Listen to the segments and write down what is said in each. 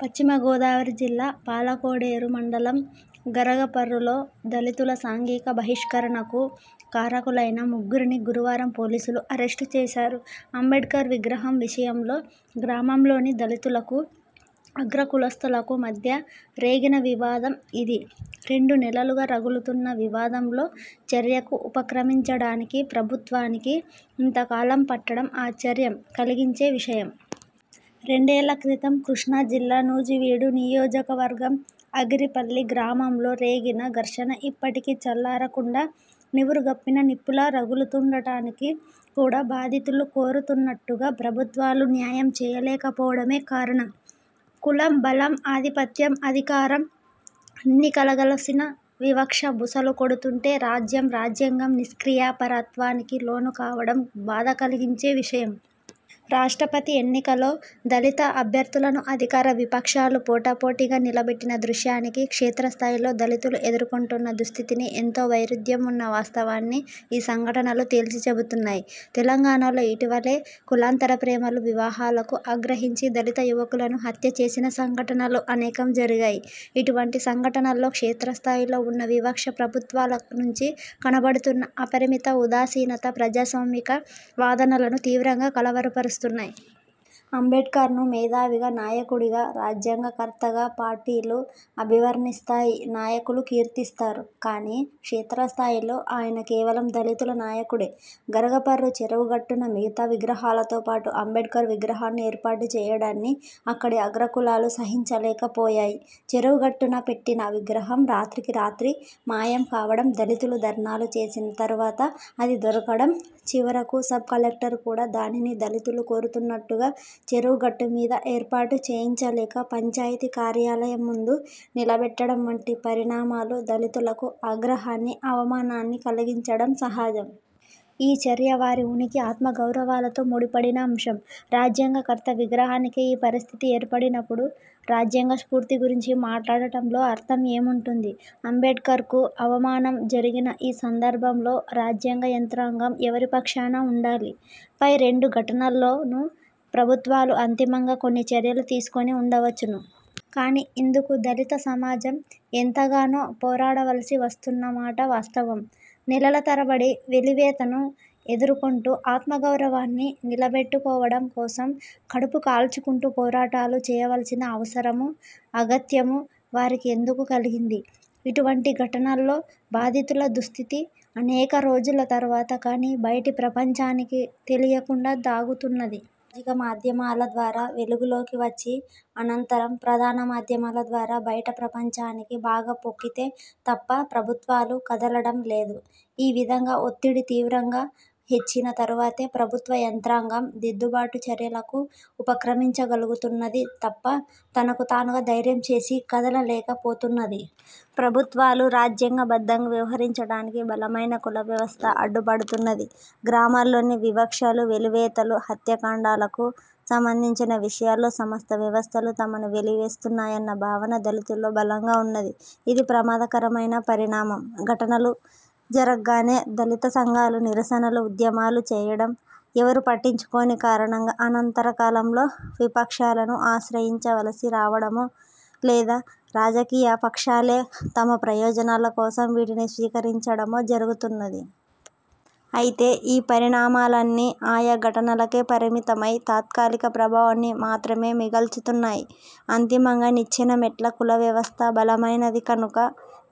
పశ్చిమ గోదావరి జిల్లా పాలకోడేరు మండలం గరగపర్రులో దళితుల సాంఘిక బహిష్కరణకు కారకులైన ముగ్గురిని గురువారం పోలీసులు అరెస్టుచేశారు. అంబేడ్కర్ విగ్రహం విషయంలో గ్రామంలోని దళితులకూ, అగ్రకులస్థులకు మధ్య రేగిన వివాదం ఇది. రెండు నెలలుగా రగులుతున్న వివాదంలో చర్యకు ఉపక్రమించడానికి ప్రభుత్వానికి ఇంతకాలం పట్టడం ఆశ్చర్యం కలిగించే విషయం. రెండేళ్ళ క్రితం కృష్ణాజిల్లా నూజివీడు నియోజకవర్గం ఆగిరిపల్లి గ్రామంలో రేగిన ఘర్షణ ఇప్పటికీ చల్లారకుండా నివురుగప్పిన నిప్పులా రగులుతూండటానికి కూడా బాధితులు కోరుతున్నట్టుగా ప్రభుత్వాలు న్యాయం చేయలేక పోవడమే కారణం. కులం, బలం, ఆధిపత్యం, అధికారం అన్నీ కలగలసిన వివక్ష బుసలు కొడుతుంటే రాజ్యం, రాజ్యాంగం నిష్క్రియా పరత్వానికి లోను కావడం బాధ కలిగించే విషయం. రాష్ట్రపతి ఎన్నికలో దళిత అభ్యర్థులను అధికార విపక్షాలు పోటాపోటీగా నిలబెట్టిన దృశ్యానికీ, క్షేత్రస్థాయిలో దళితులు ఎదుర్కొంటున్న దుస్థితికీ ఎంతో వైరుధ్యం ఉన్న వాస్తవాన్ని ఈ సంఘటనలు తేల్చిచెబుతున్నాయి. తెలంగాణలో ఇటీవలే కులాంతర ప్రేమలు, వివాహాలకు ఆగ్రహించి దళిత యువకులను హత్యచేసిన సంఘటనలు అనేకం జరిగాయి. ఇటువంటి సంఘటనల్లో క్షేత్రస్థాయిలో ఉన్న వివక్ష, ప్రభుత్వాల నుంచి కనబడుతున్న అపరిమిత ఉదాసీనత ప్రజాస్వామిక వాదులను తీవ్రంగా కలవరపరుస్తున్నాయి. అంబేడ్కర్ను మేధావిగా, నాయకుడిగా, రాజ్యాంగ కర్తగా పార్టీలు అభివర్ణిస్తాయి, నాయకులు కీర్తిస్తారు. కానీ, క్షేత్రస్థాయిలో ఆయన కేవలం దళితుల నాయకుడే. గరగపర్రు చెరువు గట్టున మిగతా విగ్రహాలతో పాటు అంబేడ్కర్ విగ్రహాన్ని ఏర్పాటు చేయడాన్ని అక్కడి అగ్ర కులాలు సహించలేక పోయాయి. చెరువు గట్టున పెట్టిన విగ్రహం రాత్రికి రాత్రి మాయం కావడం, దళితులు ధర్నాలు చేసిన తరువాత అది దొరకడం, చివరకు సబ్ కలెక్టర్ కూడా దానిని దళితులు కోరుతున్నట్టుగా చెరువుగట్టు మీద ఏర్పాటు చేయించలేక, పంచాయితీ కార్యాలయం ముందు నిలబెట్టడం వంటి పరిణామాలు దళితులకు ఆగ్రహాన్ని, అవమానాన్ని కలిగించడం సహాజం. ఈ చర్య వారి ఉనికి, ఆత్మగౌరవాలతో ముడిపడిన అంశం. రాజ్యాంగకర్త విగ్రహానికే ఈ పరిస్థితి ఏర్పడినప్పుడు రాజ్యాగ స్ఫూర్తి గురించి మాట్లాడటంలో అర్థం ఏముంటుంది? అంబేడ్కర్కు అవమానం జరిగిన ఈ సందర్భంలో రాజ్యాంగ యంత్రాంగం ఎవరిపక్షాన ఉండాలి? పై రెండు ఘటనల్లోనూ ప్రభుత్వాలు అంతిమంగా కొన్ని చర్యలు తీసుకొని వుండవచ్చును. కానీ, ఇందుకు దళితసమాజం ఎంతగానో పోరాడవలసి వస్తున్న మాట వాస్తవం. నెలల తరబడి వెలివేతను ఎదుర్కొంటూ ఆత్మగౌరవాన్ని నిలబెట్టుకోవడం కోసం కడుపు కాల్చుకుంటూ పోరాటాలు చేయవలసిన అవసరమూ, అగత్యమూ వారికి ఎందుకు కలిగింది? ఇటువంటి ఘటనల్లో బాధితుల దుస్థితి అనేక రోజుల తరువాత కానీ బయటి ప్రపంచానికి తెలియకుండా దాగుతున్నది. సామాజిక మాధ్యమాల ద్వారా వెలుగులోకి వచ్చి, అనంతరం ప్రధాన మాధ్యమాల ద్వారా బయట ప్రపంచానికి బాగా పొక్కితే తప్ప ప్రభుత్వాలు కదలడం లేదు. ఈ విధంగా ఒత్తిడి తీవ్రంగా హెచ్చిన తరువాతే ప్రభుత్వ యంత్రాంగం దిద్దుబాటు చర్యలకు ఉపక్రమించగలుగుతున్నది తప్ప తనకు తానుగా ధైర్యం చేసి కదలలేక పోతున్నది. ప్రభుత్వాలు రాజ్యాంగ బద్ధంగా వ్యహరించడానికి బలమైన కుల వ్యవస్థ అడ్డు పడుతున్నది. గ్రామాల్లోని వివక్షలు, వెలివేతలు, హత్యాకాండలకు సంబంధించిన విషయాల్లో సమస్త వ్యవస్థలూ తమను వెలివేస్తున్నాయన్న భావన దళితుల్లో బలంగా ఉన్నది. ఇది ప్రమాదకరమైన పరిణామం. ఘటనలు జరగ్గానే దళిత సంఘాలు నిరసనలు, ఉద్యమాలు చేయడం, ఎవరూ పట్టించుకోని కారణంగా అనంతరకాలంలో విపక్షాలను ఆశ్రయించవలసి రావడమో, లేదా రాజకీయపక్షాలే తమ ప్రయోజనాల కోసం వీటిని స్వీకరించడమో జరుగుతున్నది. అయితే, ఈ పరిణామాలన్నీ ఆయా ఘటనలకే పరిమితమై, తాత్కాలిక ప్రభావాన్ని మాత్రమే మిగల్చుతున్నాయి. అంతిమంగా నిచ్చెన మెట్ల కులవ్యవస్థ బలమైనది కనుక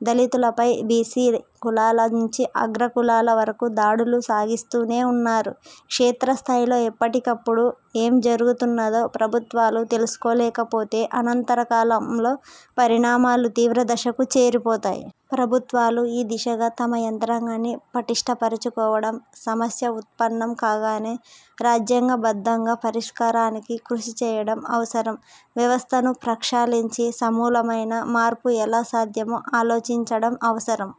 దళితులపై బీసీ కులాల నుంచి అగ్ర కులాల వరకూ దాడులు సాగిస్తూనే ఉన్నారు. క్షేత్రస్థాయిలో ఎప్పటికప్పుడు ఏం జరుగుతున్నదో ప్రభుత్వాలు తెలుసుకోలేకపోతే అనంతర కాలంలో పరిణామాలు తీవ్ర దశకు చేరిపోతాయి. ప్రభుత్వాలు ఈ దిశగా తమ యంత్రాంగాన్ని పటిష్ఠ పరచుకోవడం, సమస్య ఉత్పన్నం కాగానే రాజ్యాంగ బద్ధంగా పరిష్కారానికి కృషిచేయడం అవసరం. వ్యవస్థను ప్రక్షాళించి సమూలమైన మార్పు ఎలా సాధ్యమో ఆలోచించడం అవసరం.